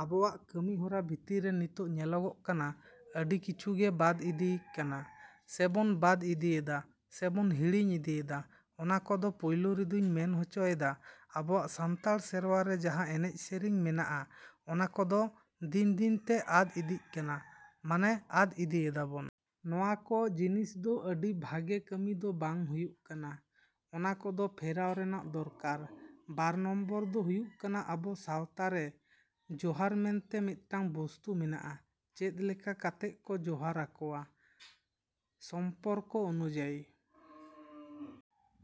ᱟᱵᱚᱣᱟᱜ ᱠᱟᱹᱢᱤᱦᱚᱨᱟ ᱵᱷᱤᱛᱨᱤ ᱨᱮ ᱱᱤᱛᱚᱜ ᱧᱮᱞᱚᱜᱚᱜ ᱠᱟᱱᱟ ᱟᱹᱰᱤ ᱠᱤᱪᱷᱩ ᱜᱮ ᱵᱟᱫᱽ ᱤᱫᱤᱜ ᱠᱟᱱᱟ, ᱥᱮ ᱵᱚᱱ ᱵᱟᱫᱽ ᱤᱫᱤᱭᱮᱫᱟ ᱥᱮ ᱵᱚᱱ ᱦᱤᱲᱤᱧ ᱤᱫᱤᱭᱮᱫᱟ᱾ ᱚᱱᱟ ᱠᱚᱫᱚ ᱯᱚᱭᱞᱚ ᱨᱮᱫᱩᱧ ᱢᱮᱱ ᱦᱚᱪᱚᱭᱮᱫᱟ ᱟᱵᱚᱣᱟᱜ ᱥᱟᱱᱛᱟᱲ ᱥᱮᱨᱣᱟ ᱨᱮ ᱡᱟᱦᱟᱸ ᱮᱱᱮᱡ ᱥᱮᱨᱮᱧ ᱢᱮᱱᱟᱜᱼᱟ ᱚᱱᱟ ᱠᱚᱫᱚ ᱫᱤᱱ ᱫᱤᱱ ᱛᱮ ᱟᱫᱽ ᱤᱫᱤᱜ ᱠᱟᱱᱟ, ᱢᱟᱱᱮ ᱟᱫᱽ ᱤᱫᱤᱭᱮᱫᱟ ᱵᱚᱱ᱾ ᱱᱚᱣᱟ ᱠᱚ ᱡᱤᱱᱤᱥ ᱫᱚ ᱟᱹᱰᱤ ᱵᱷᱟᱜᱮ ᱠᱟᱹᱢᱤ ᱫᱚ ᱵᱟᱝ ᱦᱩᱭᱩᱜ ᱠᱟᱱᱟ, ᱚᱱᱟ ᱠᱚᱫᱚ ᱯᱷᱮᱨᱟᱣ ᱨᱮᱱᱟᱜ ᱫᱚᱨᱠᱟᱨ᱾ ᱵᱟᱨ ᱱᱚᱢᱵᱚᱨ ᱫᱚ ᱦᱩᱭᱩᱜ ᱠᱟᱱᱟ ᱟᱵᱚ ᱥᱟᱶᱛᱟ ᱨᱮ ᱡᱚᱦᱟᱨ ᱢᱮᱱᱛᱮ ᱢᱤᱫᱴᱟᱹᱝ ᱵᱚᱥᱛᱩ ᱢᱮᱱᱟᱜᱼᱟ ᱪᱮᱫ ᱞᱮᱠᱟ ᱠᱟᱛᱮᱫ ᱠᱚ ᱡᱚᱦᱟᱨᱟ ᱠᱚᱣᱟ ᱥᱚᱢᱯᱚᱨᱠᱚ ᱚᱱᱩᱡᱟᱭᱤ᱾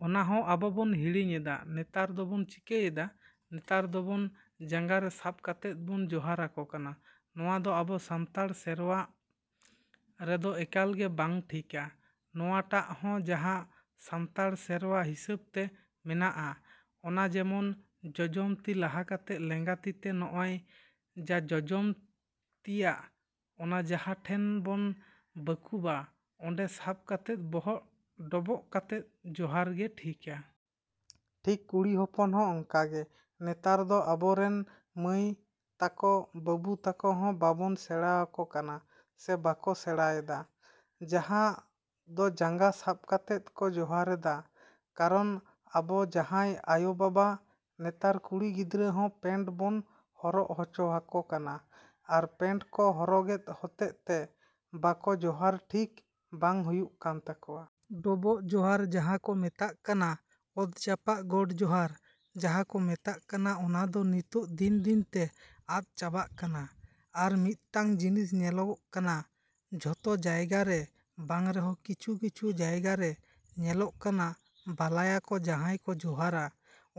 ᱚᱱᱟ ᱦᱚᱸ ᱟᱵᱚ ᱵᱚᱱ ᱦᱤᱲᱤᱧᱮᱫᱟ᱾ ᱱᱮᱛᱟᱨ ᱫᱚ ᱵᱚᱱ ᱪᱤᱠᱟᱹᱭᱮᱫᱟ? ᱱᱮᱛᱟᱨ ᱫᱚ ᱵᱚᱱ ᱡᱟᱸᱜᱟ ᱨᱮ ᱥᱟᱵᱽ ᱠᱟᱛᱮᱫ ᱵᱚᱱ ᱡᱚᱦᱟᱨᱟ ᱠᱚ ᱠᱟᱱᱟ᱾ ᱱᱚᱣᱟ ᱫᱚ ᱟᱵᱚ ᱥᱟᱱᱛᱟᱲ ᱥᱮᱨᱣᱟ ᱨᱮᱫᱚ ᱮᱠᱟᱞ ᱜᱮ ᱵᱟᱝ ᱴᱷᱤᱠᱟᱹ᱾ ᱱᱚᱣᱟ ᱴᱟᱜ ᱦᱚᱸ ᱡᱟᱦᱟᱸ ᱥᱟᱱᱛᱟᱲ ᱥᱮᱨᱣᱟ ᱦᱤᱥᱟᱹᱵᱽ ᱛᱮ ᱢᱮᱱᱟᱜᱼᱟ ᱚᱱᱟ ᱡᱮᱢᱚᱱ ᱡᱚᱡᱚᱢ ᱛᱤ ᱞᱟᱦᱟ ᱠᱟᱛᱮᱫ ᱞᱮᱸᱜᱟ ᱛᱤᱛᱮ ᱱᱚᱜᱼᱚᱭ ᱡᱟ ᱡᱚᱡᱚᱢ ᱛᱤᱭᱟᱜ ᱚᱱᱮ ᱡᱟᱦᱟᱸ ᱴᱷᱮᱱ ᱵᱚᱱ ᱵᱟᱹᱠᱩᱵᱟ ᱚᱸᱰᱮ ᱥᱟᱵᱽ ᱠᱟᱛᱮᱫ ᱵᱚᱦᱚᱜ ᱰᱚᱵᱚᱜ ᱠᱟᱛᱮᱫ ᱡᱚᱦᱟᱨ ᱜᱮ ᱴᱷᱤᱠᱟᱹ᱾ ᱴᱷᱤᱠ ᱠᱩᱲᱤ ᱦᱚᱯᱚᱱ ᱦᱚᱸ ᱚᱱᱠᱟ ᱜᱮ᱾ ᱱᱮᱛᱟᱨ ᱫᱚ ᱟᱵᱚ ᱨᱤᱱ ᱢᱟᱹᱭ ᱛᱟᱠᱚ, ᱵᱟᱹᱵᱩ ᱛᱟᱠᱚ ᱦᱚᱸ ᱵᱟᱵᱚᱱ ᱥᱮᱬᱟᱣᱟᱠᱚ ᱠᱟᱱᱟ ᱥᱮ ᱵᱟᱠᱚ ᱥᱮᱬᱟᱭᱮᱫᱟ ᱡᱟᱦᱟᱸ ᱫᱚ ᱡᱟᱸᱜᱟ ᱥᱟᱵᱽ ᱠᱟᱛᱮᱫ ᱠᱚ ᱡᱚᱦᱟᱨᱮᱫᱟ᱾ ᱠᱟᱨᱚᱱ ᱟᱵᱚ ᱡᱟᱦᱟᱸᱭ ᱟᱭᱳᱼᱵᱟᱵᱟ ᱱᱮᱛᱟᱨ ᱠᱩᱲᱤ ᱜᱤᱫᱽᱨᱟᱹ ᱦᱚᱸ ᱯᱮᱱᱴ ᱵᱚᱱ ᱦᱚᱨᱚᱜ ᱦᱚᱪᱚᱣᱟᱠᱚ ᱠᱟᱱᱟ ᱟᱨ ᱯᱮᱱᱴ ᱠᱚ ᱦᱚᱨᱚᱜᱮᱫ ᱦᱚᱛᱮᱫ ᱛᱮ ᱵᱟᱠᱚ ᱡᱚᱦᱟᱨ ᱴᱷᱤᱠ ᱵᱟᱝ ᱦᱩᱭᱩᱜ ᱠᱟᱱ ᱛᱟᱠᱚᱣᱟ᱾ ᱰᱚᱵᱚᱜ ᱡᱚᱦᱟᱨ ᱡᱟᱦᱟᱸ ᱠᱚ ᱢᱮᱛᱟᱜ ᱠᱟᱱᱟ, ᱚᱛ ᱡᱟᱯᱟᱜ ᱜᱚᱰ ᱡᱚᱦᱟᱨ ᱡᱟᱦᱟᱸ ᱠᱚ ᱢᱮᱛᱟᱜ ᱠᱟᱱᱟ ᱚᱱᱟ ᱫᱚ ᱠᱤᱱᱛᱩ ᱫᱤᱱ ᱫᱤᱱ ᱛᱮ ᱟᱫᱽ ᱪᱟᱵᱟᱜ ᱠᱟᱱᱟ᱾ ᱟᱨ ᱢᱤᱫᱴᱟᱹᱝ ᱡᱤᱱᱤᱥ ᱧᱮᱞᱚᱜ ᱠᱟᱱᱟ ᱡᱚᱛᱚ ᱡᱟᱭᱜᱟ ᱨᱮ ᱵᱟᱝ ᱨᱮᱦᱚᱸ ᱠᱤᱪᱷᱩ ᱠᱤᱪᱷᱩ ᱡᱟᱭᱜᱟ ᱨᱮ ᱧᱮᱞᱚᱜ ᱠᱟᱱᱟ ᱵᱟᱞᱟᱭᱟ ᱠᱚ ᱡᱟᱦᱟᱸᱭ ᱠᱚ ᱡᱚᱦᱟᱨᱟ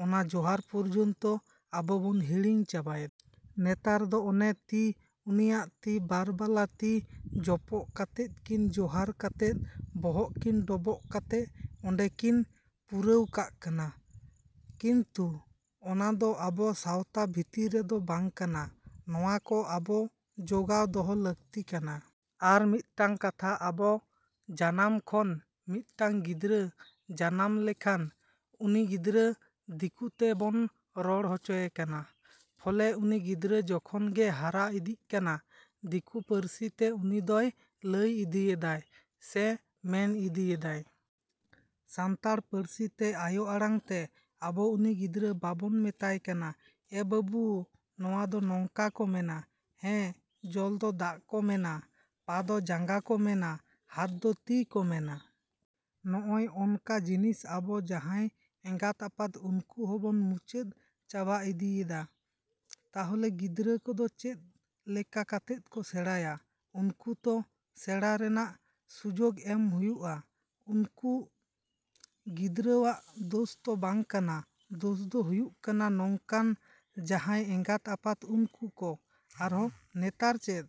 ᱚᱱᱟ ᱡᱚᱦᱟᱨ ᱯᱚᱨᱡᱚᱱᱛᱚ ᱟᱵᱚ ᱵᱚᱱ ᱦᱤᱲᱤᱧ ᱪᱟᱵᱟᱭᱮᱫᱟ᱾ ᱱᱮᱛᱟᱨ ᱫᱚ ᱚᱱᱮ ᱛᱤ ᱩᱱᱤᱭᱟᱜ ᱛᱤ ᱵᱟᱨ ᱵᱟᱞᱟ ᱛᱤ ᱡᱚᱯᱚᱜ ᱠᱟᱛᱮᱫ ᱠᱤᱱ ᱡᱚᱦᱟᱨ ᱠᱟᱛᱮᱫ ᱵᱚᱦᱚᱜ ᱠᱤᱱ ᱰᱚᱵᱚᱜ ᱠᱟᱛᱮᱫ ᱚᱸᱰᱮ ᱠᱤᱱ ᱯᱩᱨᱟᱹᱣ ᱠᱟᱜ ᱠᱟᱱᱟ᱾ ᱠᱤᱱᱛᱩ ᱚᱱᱟ ᱫᱚ ᱟᱵᱚ ᱥᱟᱶᱛᱟ ᱵᱷᱤᱛᱨᱤ ᱨᱮᱫᱚ ᱵᱟᱝ ᱠᱟᱱᱟ᱾ ᱱᱚᱣᱟ ᱠᱚ ᱟᱵᱚ ᱡᱚᱜᱟᱣ ᱫᱚᱦᱚ ᱞᱟᱹᱠᱛᱤ ᱠᱟᱱᱟ᱾ ᱟᱨ ᱢᱤᱫᱴᱟᱹᱝ ᱠᱟᱛᱷᱟ ᱟᱵᱚ ᱡᱟᱱᱟᱢ ᱠᱷᱚᱱ ᱢᱤᱫᱴᱟᱹᱝ ᱜᱤᱫᱽᱨᱟᱹᱭ ᱡᱟᱱᱟᱢ ᱞᱮᱱᱠᱷᱟᱱ ᱩᱱᱤ ᱜᱤᱫᱽᱨᱟᱹ ᱫᱤᱠᱩ ᱛᱮ ᱵᱚᱱ ᱨᱚᱲ ᱦᱟᱨᱟᱭᱮ ᱠᱟᱱᱟ᱾ ᱯᱷᱚᱞᱮ ᱩᱱᱤ ᱜᱤᱫᱽᱨᱟᱹ ᱡᱚᱠᱷᱚᱱ ᱜᱮᱭ ᱦᱟᱨᱟ ᱤᱫᱤᱜ ᱠᱟᱱᱟ ᱫᱤᱠᱩ ᱯᱟᱹᱨᱥᱤ ᱛᱮ ᱩᱱᱤ ᱫᱚᱭ ᱞᱟᱹᱭ ᱤᱫᱤᱭᱮᱫᱟᱭ ᱥᱮ ᱢᱮᱱ ᱤᱫᱤᱭᱮᱫᱟᱭ᱾ ᱥᱟᱱᱛᱟᱲ ᱯᱟᱹᱨᱥᱤ ᱛᱮ ᱟᱭᱳ ᱟᱲᱟᱝ ᱛᱮ ᱟᱵᱚ ᱩᱱᱤ ᱜᱤᱫᱽᱨᱟᱹ ᱵᱟᱵᱚᱱ ᱢᱮᱛᱟᱭ ᱠᱟᱱᱟ ᱮ ᱵᱟᱹᱵᱩ ᱱᱚᱣᱟ ᱫᱚ ᱱᱚᱝᱠᱟ ᱠᱚ ᱢᱮᱱᱟ᱾ ᱦᱮᱸ ᱡᱚᱞ ᱫᱚ ᱫᱟᱜ ᱠᱚ ᱢᱮᱱᱟ, ᱯᱟ ᱫᱚ ᱡᱟᱸᱜᱟ ᱠᱚ ᱢᱮᱱᱟ, ᱦᱟᱛ ᱫᱚ ᱛᱤ ᱠᱚ ᱢᱮᱱᱟ᱾ ᱱᱚᱜᱼᱚ ᱱᱟᱠᱚ ᱡᱤᱱᱤᱥ ᱟᱵᱚ ᱡᱟᱦᱟᱸᱭ ᱮᱸᱜᱟᱛᱼᱟᱯᱟᱛ ᱩᱱᱠᱩ ᱦᱚᱸ ᱵᱚᱱ ᱢᱩᱪᱟᱹᱫ ᱪᱟᱵᱟ ᱤᱫᱤᱭᱮᱫᱟ᱾ ᱛᱟᱦᱞᱮ ᱜᱤᱫᱽᱨᱟᱹ ᱠᱚᱫᱚ ᱪᱮᱫ ᱞᱮᱠᱟ ᱠᱟᱛᱮᱫ ᱠᱚ ᱥᱮᱬᱟᱭᱟ? ᱩᱱᱠᱩ ᱛᱚ ᱥᱮᱬᱟ ᱨᱮᱱᱟᱜ ᱥᱩᱡᱚᱜᱽ ᱮᱢ ᱦᱩᱭᱩᱜᱼᱟ᱾ ᱩᱱᱠᱩ ᱜᱤᱫᱽᱨᱟᱹᱣᱟᱜ ᱫᱚᱥ ᱛᱚ ᱵᱟᱝ ᱠᱟᱱᱟ, ᱫᱚᱥ ᱫᱚ ᱦᱩᱭᱩᱜ ᱠᱟᱱᱟ ᱱᱚᱝᱠᱟᱱ ᱡᱟᱦᱟᱸᱭ ᱮᱸᱜᱟᱛᱼᱟᱯᱟᱛ ᱩᱱᱠᱩ ᱠᱚ᱾ ᱟᱨᱚ ᱱᱮᱛᱟᱨ ᱪᱮᱫ᱾